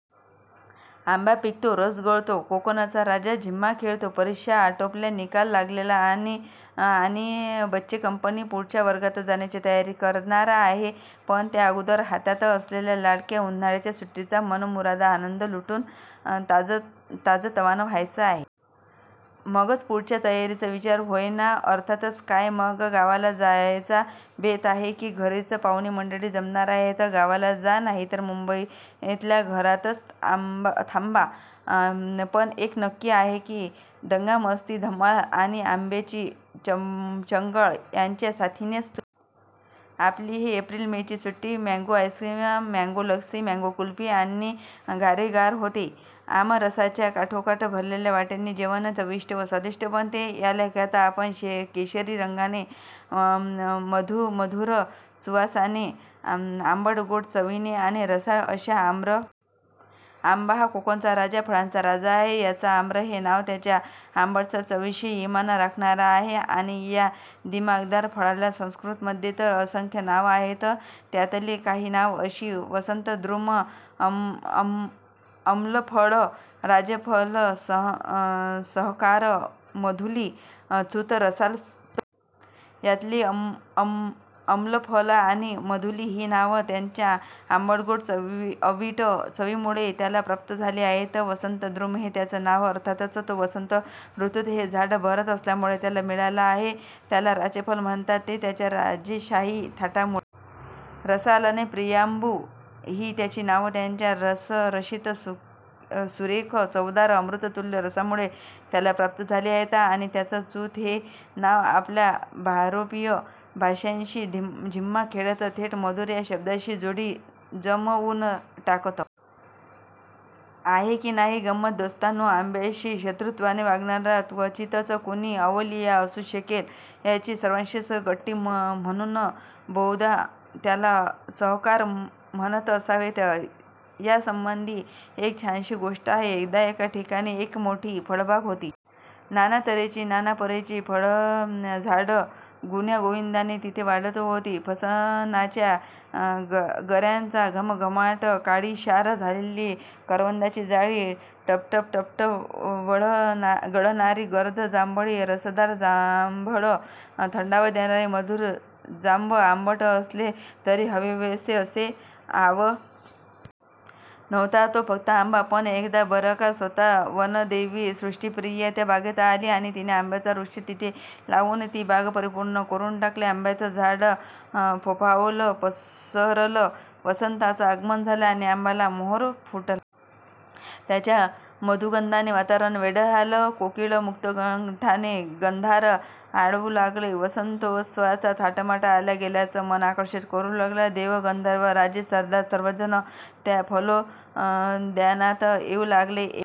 आंबा पिकितो, रस गळतो, कोकणचा राजा झिम्मा खेळतो'... परीक्षा आटोपल्या, निकाल लागलेत आणि बच्चेकंपनी पुढच्या वर्गात जाण्याची तयारी करणार आहे. पण त्या अगोदर हातात असलेल्या लाडक्या उन्हाळ्याच्या सुट्टीचा मनमुराद आनंद लुटून ताजंतवानं व्हायचं आहे. मगच पुढच्या तयारीचा विचार, होय ना? अर्थातच. काय मग, गावाला जायचा बेत आहे की घरीच पाहुणेमंडळी जमणार आहेत? गावाला जा, नाहीतर मुंबईतल्या घरातच थांबा. पण एक नक्की आहे की, दंगामस्ती, धम्माल आणि आंब्याची चंगळ यांच्या साथीनेच तुम्ही सुट्टीची मजा अनुभवणार. आपली ही एप्रिल-मेची सुट्टी mango ice cream, mango lassi, mango kulfi यांनी गारेगार होते. आमरसाच्या काठोकाठ भरलेल्या वाट्यांनी जेवण चविष्ट व स्वादिष्ट बनते. या लेखात आपण केशरी रंगाने, मधुमधुर सुवासाने, आंबटगोड चवीने आणि रसाळ अशा आम्र, आंबा, आम या व त्यांच्याशी संबंधित शब्दांचा व कथांचा आस्वाद घेणार आहोत. आंबा हा कोकणचा राजा, फळांचा राजा आहे. याचं 'आम्र' हे नाव त्याच्या आंबटसर चवीशी इमान राखणारं आहे आणि या दिमाखदार फळाला संस्कृतमध्ये तर असंख्य नावं आहेत. त्यातली काही नावं अशी- वसंतद्रुम, अम्लफल, राजफल, सहकार, मधूली, चूत, रसाल, प्रियांबू, सुमदन, स्त्रीप्रिय. यातली अम्लफल आणि मधूली ही नावं त्यांच्या आंबटगोड अवीट चवीमुळे त्याला प्राप्त झाली आहेत. वसंतद्रुम हे त्याचं नाव अर्थातच तो वसंत ऋतूत हे झाड बहरत असल्यामुळे त्याला मिळालं आहे. त्याला राजफल म्हणतात, ते त्याच्या राजेशाही थाटामुळे. रसाल आणि प्रियांबू ही त्याची नावं त्याच्या रसरशीत सुरेख चवदार अमृततुल्य रसामुळे त्याला प्राप्त झाली आहेत. आणि त्याचं चूत हे नाव आपल्या भारोपीय भाषांशी झिम्मा खेळत थेट मधुर या शब्दाशी जोडी जमवून टाकतं. आहे की नाही गंमत! दोस्तांनो, आंब्याशी शत्रुत्वाने वागणारा क्वचितच कुणी अवलिया असू शकेल. याची सर्वांशीच गट्टी, म्हणून बहुधा त्याला 'सहकार' म्हणत असावेत. यासंबंधी एक छानशी गोष्ट आहे. एकदा एका ठिकाणी एक मोठी फळबाग होती. नाना तऱ्हेची, नाना परीची फळझाडं गुण्यागोविंदाने तिथे वाढत होती. फणसाच्या गऱ्यांचा घमघमाट, काळीशार झालेली करवंदाची जाळी, टपटप टपटप गळणारी गर्द जांभळी रसदार जांभळं, थंडावा देणारे मधुर जांब, आंबट असले, तरी हवेहवेसे असे आवळे नि रायआवळे, उन्हाळ्याची तहान भागवणारे ताडगोळे नि नारळ-शहाळी यांची रेलचेल या बागेत होती. नव्हता तो फक्त आंबा. पण एकदा बरं का, स्वतः वनदेवी सृष्टीप्रिया त्या बागेत आली आणि तिने आंब्याचा वृक्ष तिथे लावून ती बाग परिपूर्ण करून टाकली. आंब्याचं झाड फोफावलं, पसरलं. वसंताचं आगमन झालं आणि आंब्याला मोहोर फुटला. त्याच्या मधुगंधाने वातावरण वेडं झालं. कोकीळ मुक्त कंठाने गंधार आळवू लागले. वसंतोत्सवाचा थाटमाट आल्या-गेल्याचं मन आकर्षित करू लागला. देव, गंधर्व, राजे, सरदार सर्वजण त्या फलोद्यानात येऊ लागले. एक